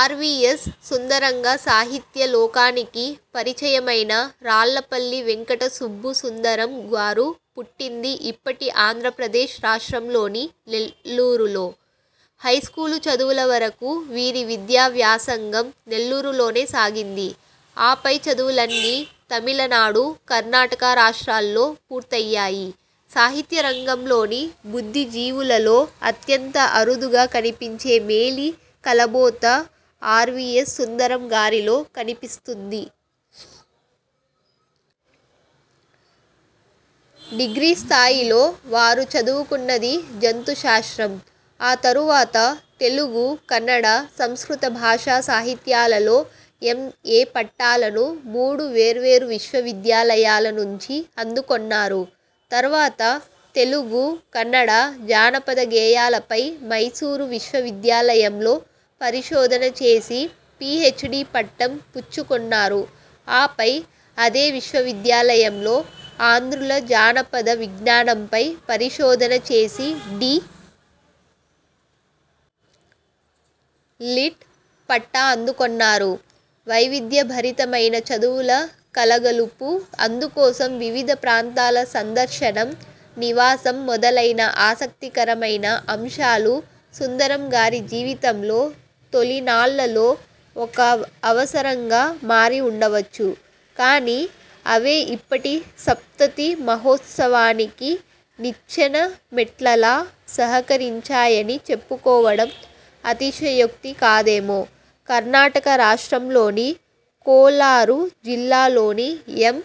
RVS సుందరంగా సాహిత్య లోకానికి పరిచయమైన రాళ్ళపల్లి వెంకట సుబ్బు సుందరం గారు పుట్టింది ఇప్పటి ఆంధ్రప్రదేశ్ రాష్ట్రంలోని నెల్లూరులో. హైస్కూలు చదువుల వరకు వీరి విద్యా వ్యాసంగం నెల్లూరులోనే సాగింది. ఆపై చదువులన్నీ తమిళనాడు, కర్ణాటక రాష్టాల్లో పూర్తయ్యాయి. సాహిత్య రంగంలోని బుద్ధి జీవులలో అత్యంత అరుదుగా కనిపించే మేలి కలబోత ఆర్వీయస్ సుందరం గారిలో కనిపిస్తుంది. డిగ్రీ స్థాయిలో వారు చదువుకున్నది జంతుశాస్త్రం. ఆ తరువాత, తెలుగు, కన్నడ, సంస్కృత భాషా సాహిత్యాలలో ఎమ్. ఏ. పట్టాలను మూడు వేర్వేరు విశ్వవిద్యాలయాల నుంచి అందుకొన్నారు. తర్వాత, 'తెలుగు, కన్నడ జానపద గేయాల'పై మైసూరు విశ్వవిద్యాలయంలో పరిశోధన చేసి, పీహెచ్డీ పట్టం పుచ్చుకొన్నారు. ఆపై, అదే విశ్వవిద్యాలయంలో 'ఆంధ్రుల జానపద విజ్ఞానం'పై పరిశోధన చేసి, డి. లిట్. పట్టా అందుకొన్నారు. వైవిధ్యభరితమైన చదువుల కలగలుపు, అందుకోసం వివిధ ప్రాంతాల సందర్శనం, నివాసం మొదలైన ఆసక్తికరమైన అంశాలు, సుందరం గారి జీవితంలో తొలినాళ్ళలో ఒక అవసరంగా మారి ఉండవచ్చు. కానీ, అవే ఇప్పటి సప్తతి మహోత్సవానికి నిచ్చెనమెట్లలా సహకరించాయని చెప్పుకోవడం అతిశయోక్తి కాదేమో! కర్ణాటక రాష్ట్రంలోని కోలారు జిల్లాలోని ఎం.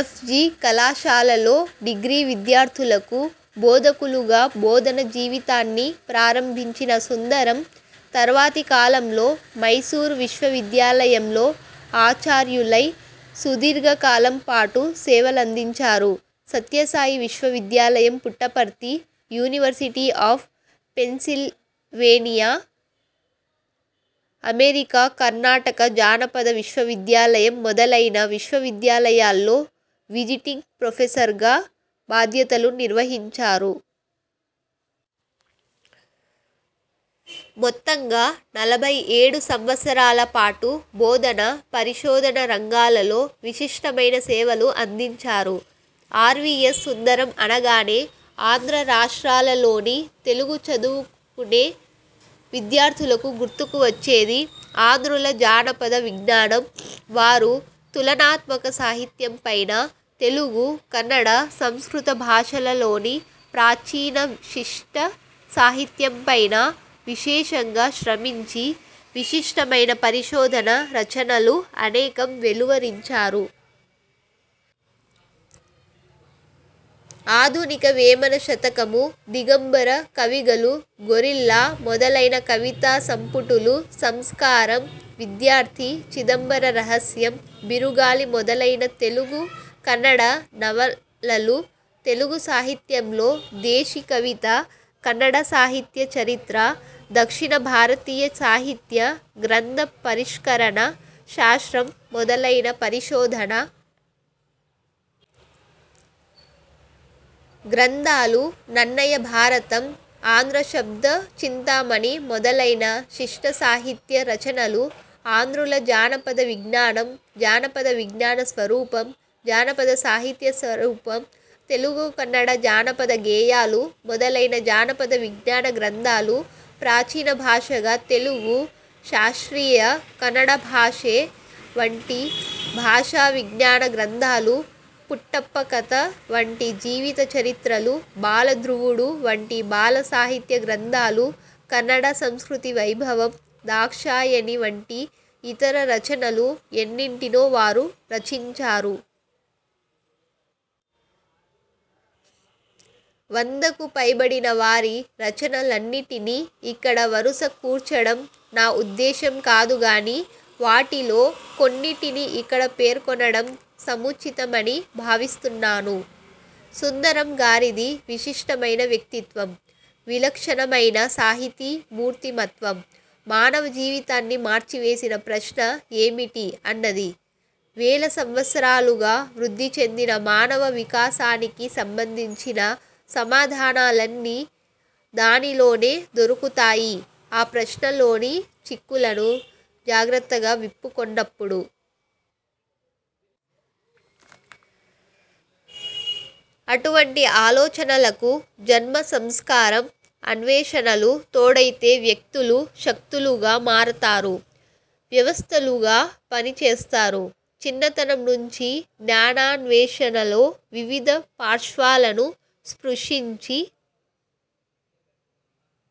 ఎఫ్. జి. కళాశాలలో డిగ్రీ విద్యార్థులకు బోధకులుగా, బోధన జీవితాన్ని ప్రారంభించిన సుందరం, తర్వాతి కాలంలో మైసూరు విశ్వవిద్యాలయంలో ఆచార్యులై సుదీర్ఘకాలం పాటు సేవలందించారు. సత్యసాయి విశ్వవిద్యాలయం Puttaparthi, university of Pennsylvania America, Karnataka జానపద విశ్వవిద్యాలయం మొదలైన విశ్వవిద్యాలయాల్లో విజిటింగ్ ప్రొఫెసర్గా బాధ్యతలు నిర్వహించారు. మొత్తంగా నలభై ఏడు సంవత్సరాల పాటు బోధన, పరిశోధన రంగాలలో విశిష్టమైన సేవలు అందించారు. ఆర్వీయస్ సుందరం అనగానే ఆంధ్ర రాష్ట్రాల లోని తెలుగు చదువుకునే విద్యార్థులకు గుర్తుకు వచ్చేది 'ఆంధ్రుల జానపద విజ్ఞానం'. వారు తులనాత్మక సాహిత్యంపైనా, తెలుగు, కన్నడ, సంస్కృత భాషలలోని ప్రాచీన శిష్ట సాహిత్యంపైనా విశేషంగా శ్రమించి, విశిష్టమైన పరిశోధణ రచనలు అనేకం వెలువరించారు. ఆధునిక వేమన శతకము, దిగంబర కవిగళు, గొరిల్లా, మొదలైన కవితా సంపుటులు, సంస్కారం, విద్యార్థి, చిదంబర రహస్యం, బిరుగాళి మొదలైన తెలుగు, కన్నడ నవలలు, తెలుగు సాహిత్యంలో దేశి కవిత, కన్నడ సాహిత్య చరిత్ర, దక్షిణ భారతీయ సాహిత్య, గ్రంథ పరిష్కరణ శాస్త్రం మొదలైన పరిశోధన గ్రంథాలు, నన్నయ భారతం, ఆంధ్ర శబ్ద చింతామణి మొదలైన శిష్టసాహిత్య రచనలు, ఆంధ్రుల జానపద విజ్ఞానం, జానపద విజ్ఞాన స్వరూపం, జానపద సాహిత్య స్వరూపం, తెలుగు కన్నడ జానపద గేయాలు మొదలైన జానపద విజ్ఞాన గ్రంథాలు, ప్రాచీన భాషగా తెలుగు, శాస్త్రీయ కన్నడ భాషె వంటి భాషా విజ్ఞాన గ్రంథాలు, పుట్టప్ప కథ వంటి జీవిత చరిత్రలు, బాల ధ్రువుడు వంటి బాల సాహిత్య గ్రంథాలు, కన్నడ సంస్కృతి వైభవం, దాక్షాయణి వంటి ఇతర రచనలు ఎన్నింటినో వారు రచించారు. వందకు పైబడిన వారి రచనలన్నిటినీ ఇక్కడ వరుస కూర్చడం నా ఉద్దేశం కాదు గాని, వాటిలో కొన్నిటిని ఇక్కడ పేర్కొనడం సముచితమని భావిస్తున్నాను. సుందరం గారిది విశిష్టమైన వ్యక్తిత్వం. విలక్షణమైన సాహితీ మూర్తిమత్వం. మానవ జీవితాన్ని మార్చివేసిన ప్రశ్న 'ఏమిటి? ' అన్నది. వేల సంవత్సరాలుగా వృద్ధి చెందిన మానవ వికాసానికి సంబంధించిన సమాధానాలన్నీ దానిలోనే దొరుకుతాయి ఆ ప్రశ్నలోని చిక్కులను జాగ్రత్తగా విప్పుకొన్నప్పుడు. అటువంటి ఆలోచనలకు జన్మ సంస్కారం, అన్వేషణలు తోడైతే వ్యక్తులు శక్తులుగా మారతారు. వ్యవస్థలుగా పనిచేస్తారు. చిన్నతనం నుంచీ జ్ఞానాన్వేషణలో వివిధ పార్శ్వాలను స్పృశించి,